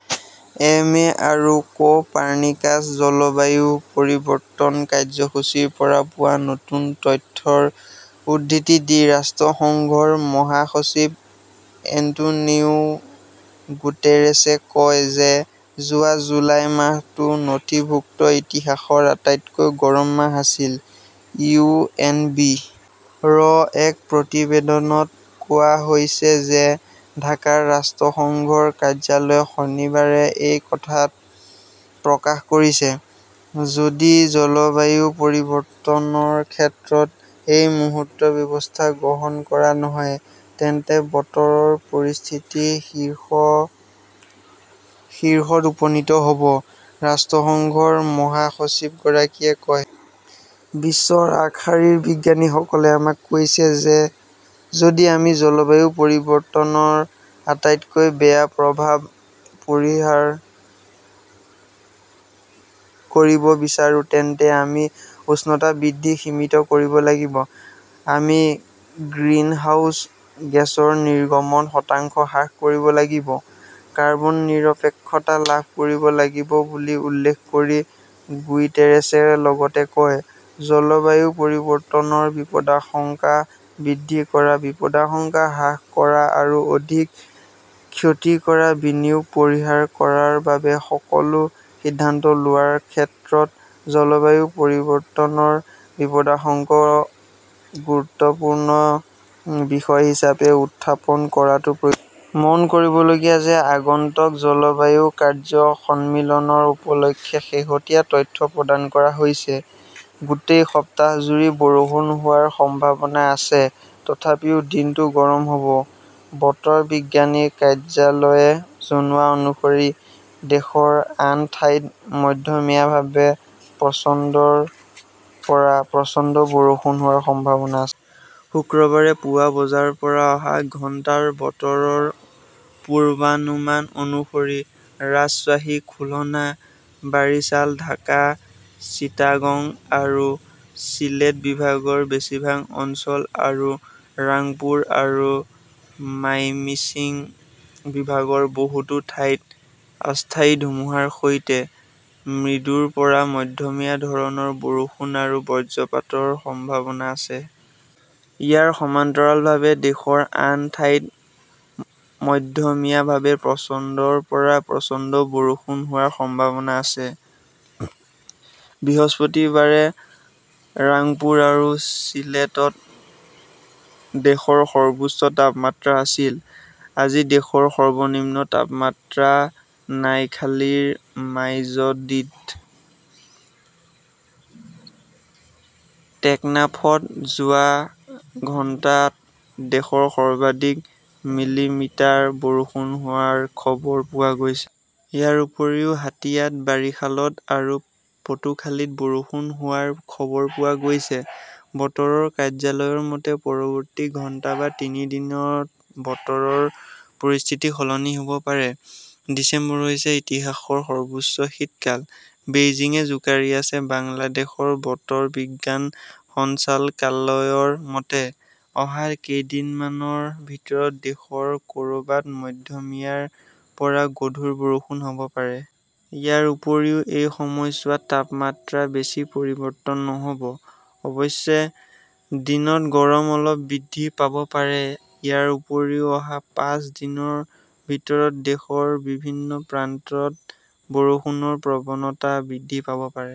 M. অ '. আৰু Copernicus জলবায়ু পৰিৱৰ্তন কাৰ্যসূচীৰ পৰা পোৱা নতুন তথ্যৰ উদ্ধৃতি দি ৰাষ্ট্ৰসংঘৰ মহাসচিব এন্টোনিও গুটেৰেছে কয় যে যোৱা জুলাই মাহটো নথিভুক্ত ইতিহাসৰ আটাইতকৈ গৰম মাহ আছিল। ইউ. এন. বি. -ৰ এক প্ৰতিবেদনত কোৱা হৈছে যে ঢাকাৰ ৰাষ্ট্ৰসংঘৰ কাৰ্যালয়ে শনিবাৰে এই কথা প্ৰকাশ কৰিছে। "যদি জলবায়ু পৰিৱৰ্তনৰ ক্ষেত্ৰত এই মুহূৰ্তত ব্যৱস্থা গ্ৰহণ কৰা নহয় তেন্তে বতৰৰ পৰিস্থিতি শীৰ্ষত উপনীত হ'ব ", ৰাষ্ট্ৰসংঘৰ মহাসচিবগৰাকীয়ে কয়। বিশ্বৰ আগশাৰীৰ বিজ্ঞানীসকলে আমাক কৈছে যে যদি আমি জলবায়ু পৰিৱৰ্তনৰ আটাইতকৈ বেয়া প্ৰভাৱ পৰিহাৰ কৰিব বিচাৰো তেন্তে আমি উষ্ণতা বৃদ্ধি সীমিত কৰিব লাগিব। আমি গ্ৰিনহাউজ গেছৰ নিৰ্গমন শতাংশ হ্ৰাস কৰিব লাগিব। " কাৰ্বন নিৰপেক্ষতা লাভ কৰিব লাগিব বুলি উল্লেখ কৰি গুইটেৰেছে লগতে কয়", জলবায়ু পৰিৱৰ্তনৰ বিপদাশংকা বৃদ্ধি কৰা, বিপদাশংকা হ্ৰাস কৰা আৰু অধিক ক্ষতি কৰা বিনিয়োগ পৰিহাৰ কৰাৰ বাবে সকলো সিদ্ধান্ত লোৱাৰ ক্ষেত্ৰত জলবায়ু পৰিৱৰ্তনৰ বিপদাশংকা গুৰুত্বপূৰ্ণ বিষয় হিচাপে উত্থাপন কৰাটো প্ৰয়োজনীয়। "মন কৰিবলগীয়া যে আগন্তুক জলবায়ু কাৰ্য্য সন্মিলনৰ উপলক্ষে শেহতীয়া তথ্য প্ৰদান কৰা হৈছে। গোটেই সপ্তাহজুৰি বৰষুণ হোৱাৰ সম্ভাৱনা আছে তথাপিও দিনটোত গৰম হ'ব। বতৰ বিজ্ঞান কাৰ্যালয়ে জনোৱা অনুসৰি দেশৰ আন ঠাইত মধ্যমীয়াভাৱে প্ৰচণ্ডৰ পৰা প্ৰচণ্ড বৰষুণ হোৱাৰ সম্ভাৱনা আছে। শুকুৰবাৰে পুৱা বজাৰ পৰা অহা ঘণ্টাৰ বতৰৰ পূৰ্বানুমান অনুসৰি ৰাজশ্বাহী, খুলনা, বাৰিছাল, ঢাকা, চিটাগং আৰু চিলেট বিভাগৰ বেছিভাগ অঞ্চল আৰু ৰাংপুৰ আৰু মাইমিংছিং বিভাগৰ বহুতো ঠাইত অস্থায়ী ধুমুহাৰ সৈতে মৃদুৰ পৰা মধ্যমীয়া ধৰণৰ বৰষুণ আৰু বজ্ৰপাতৰ সম্ভাৱনা আছে। ইয়াৰ সমান্তৰালভাৱে দেশৰ আন ঠাইত মধ্যমীয়াভাৱে প্ৰচণ্ডৰ পৰা প্ৰচণ্ড বৰষুণ হোৱাৰ সম্ভাৱনা আছে। বৃহস্পতিবাৰে ৰাংপুৰ আৰু চিলেটত দেশৰ সৰ্বোচ্চ তাপমাত্ৰা আছিল। আজি দেশৰ সৰ্বনিম্ন তাপমাত্ৰা নাইখালীৰ মাইজদীত। টেকনাফত যোৱা ঘণ্টাত দেশত সৰ্বাধিক মিলিমিটাৰ বৰষুণ হোৱাৰ খবৰ পোৱা গৈছে। ইয়াৰ উপৰিও হাতিয়াত, বৰিশালত আৰু পটুখালীত বৰষুণ হোৱাৰ খবৰ পোৱা গৈছে। বতৰৰ কাৰ্যালয়ৰ মতে, পৰৱৰ্তী ঘণ্টা বা তিনি দিনত বতৰৰ পৰিস্থিতি সলনি হ'ব পাৰে। ডিচেম্বৰ হৈছে ইতিহাসৰ সৰ্বোচ্চ শীতকাল, বেইজিঙে জোকাৰি আছে বাংলাদেশ বতৰ বিজ্ঞান সঞ্চালকালয়ৰ মতে, অহা কেইদিনমানৰ ভিতৰত দেশৰ ক'ৰবাত মধ্যমীয়াৰ পৰা গধুৰ বৰষুণ হ'ব পাৰে। ইয়াৰ উপৰিও এই সময়ছোৱাত তাপমাত্ৰাত বেছি পৰিৱৰ্তন নহ'ব। অৱশ্যে, দিনত গৰম অলপ বৃদ্ধি পাব পাৰে। ইয়াৰ উপৰিও, অহা পাঁচ দিনৰ ভিতৰত দেশৰ বিভিন্ন প্ৰান্তত বৰষুণৰ প্ৰৱণতা বৃদ্ধি পাব পাৰে।